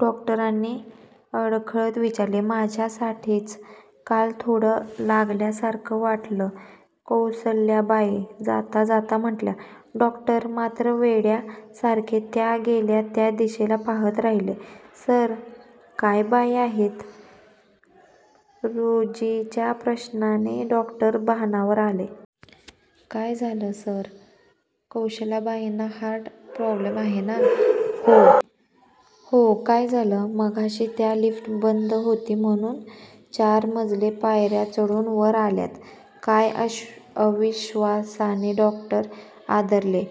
डॉक्टरांनी अडखळत विचारले. माझ्या साठीच! काल थोडं लागल्या सारखं वाटलं! कौसल्याबाई जाताजाता म्हणाल्या. डॉक्टर मात्र वेड्या सारखे त्या गेल्या त्या दिशेला पहातच राहिले! "सर, काय बाई आहे? " रोजीच्या प्रश्नाने डॉक्टर भानावर आले. "काय झालं? " "सर, कौशल्याबाईंना हार्ट प्रॉब्लेम आहे ना? " "हो. काय झालं? " "मघाशी त्या, लिफ्ट बंद होती म्हणून चार मजले पायऱ्याचढून वर आल्यात! " "काय? " अविश्वासाने डॉक्टर उद्गारले.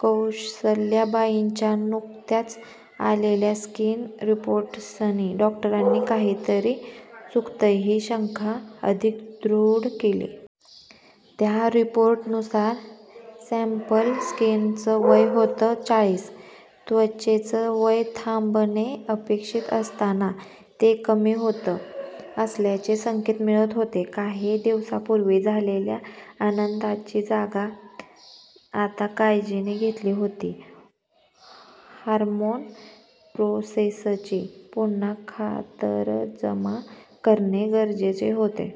कौसल्याबाईंच्या नुकत्याच आलेल्या स्किन रिपोर्टसनी डॉक्टरांची 'काहीतरी चुकतंय,' हि शंका अधिक दृढ केली. त्या रिपोर्ट नुसार सॅम्पल स्कीनचं वय होते चाळीस! त्वचेचं वय थांबणे अपेक्षित असताना, ते कमी होत असल्याचे संकेत मिळत होते! काही दिवसापूर्वी झालेल्या आनंदाची जागा आता काळजीने घेतली होती. हार्मोन प्रोसेसची पुन्हा खातरजमा करणे गरजेचे होते.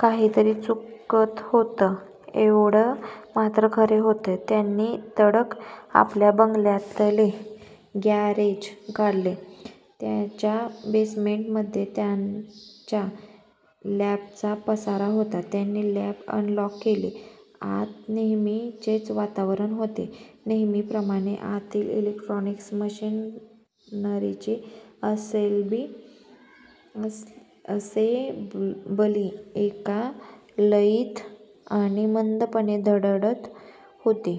काहीतरी चुकत होते एव्हडे मात्र खरे होते. त्यांनी तडक आपल्या बंगल्यातले ग्यारेज गाठले. त्याच्या बेसमेंट मध्ये त्यांच्या लॅबचा पसारा होता. त्यांनी लॅब अनलॉक केली. आत नेहमीचेच वातावरण होते. नेहमी प्रमाणे, आतील इलेकट्रोनिक्स मशीनरीची असेंब्ली एका लयीत आणि मंदपणे धडधडत होती.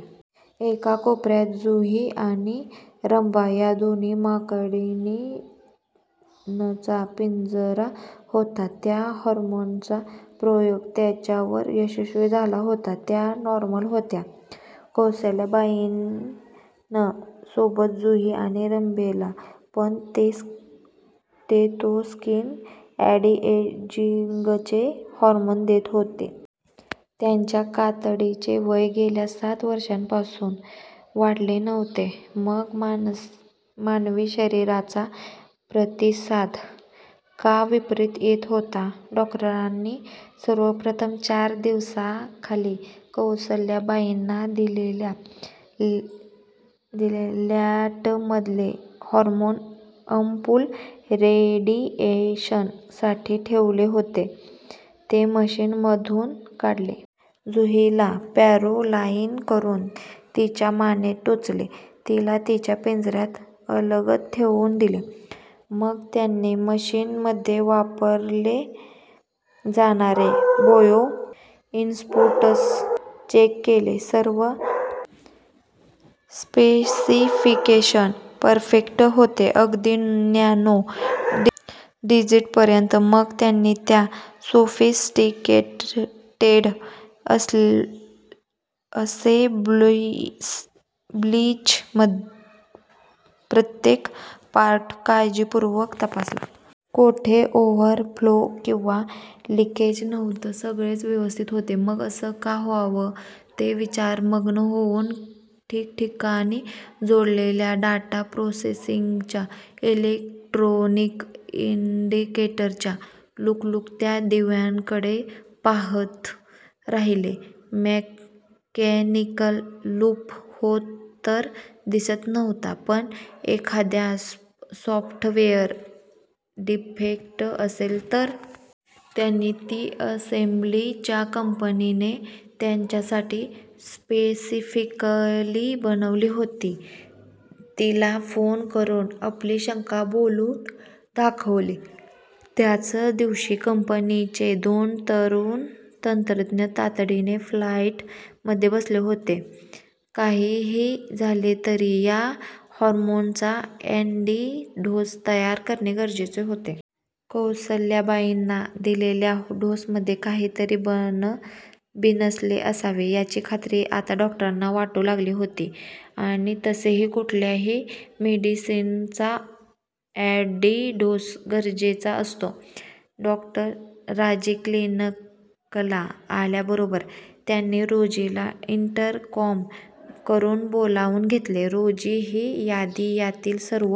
एका कोपऱ्यात 'जुही ' आणि 'रंभा ' या दोन माकडिणीनचा पिंजरा होता. त्या हार्मोनचा प्रयोग त्यांच्यावर यशस्वी झाला होता. त्या नॉर्मल होत्या. कौसल्याबाईन सोबत जुही आणि रंभेला पण ते तो स्किन अँटीएजिंगचे हार्मोन देत होते. त्यांच्या कातडीचे वय गेल्या सात वर्षांपासून वाढले नव्हते. मग मानवी शरीराचा प्रतिसाद का विपरीत येत होता? डॉक्टरांनी सर्वप्रथम चार दिवसाखाली कौसल्याबाईंना दिलेल्या लॉटमधले हार्मोन अंपुल रेडिएशन साठी ठेवले होते, ते मशीन मधून काढले. 'जुही'ला पॅरोलाईज करून, तिच्या मानेत टोचले. तिला तिच्या पिंजऱ्यात अलगद ठेवून दिले. मग त्यांनी मशीनमध्ये वापरले जाणारे, बायोइन्पुट्स चेक केले. सर्व स्पेसिफिकेशन परफेक्ट होते, अगदी नॅनो डिजिट पर्यंत! मग त्यांनी त्या सोफिस्टिकेटेड असेंब्लीच प्रत्येक पार्ट काळजी पूर्वक तपासला. कोठे ओव्हरफ्लो किंवा लिकेज नव्हते. सगळंच व्यवस्थित होत. मग असं का व्हावं? ते विचार मग्न होऊन ठिकठिकाणी जोडलेल्या डाटा प्रोसेसिंगच्या इलेकट्रोनिस इंडिकेटरच्या लुकलुकत्या दिव्यांकडे पहात राहिले. मेकॅनिकल लूप होत तर दिसत नव्हता, पण एखादा सॉफ्टवेयर डिफेक्ट असेल तर? त्यांनी ती असेम्ब्ली, ज्या कंपनीने त्यांच्या साठी स्पेसिफिकली बनवली होती, तिला फोन करून आपली शंका बोलून दाखवली. त्याच दिवशी कंपनीचे दोन तरुण तंत्रज्ञ तातडीने फ्लाईट मध्ये बसले होते. काही हि झाले तरी या हार्मोनचा ऍंटीडोस तयार करणे गरजेचे होते. कौसल्याबाईंना दिलेल्या डोसमध्ये काही तरी बिनसले असावे याची खात्री आता डॉक्टरांना वाटू लागली होती आणि तसेही कुठल्याही मेडिसिनचा अँटीडोस गरजेचा असतो. डॉ. राजे क्लिनिकला आल्याबरोबर त्यांनी रोजीला इंटरकॉम करून बोलावून घेतले. रोजी, हि यादी. यातील सर्व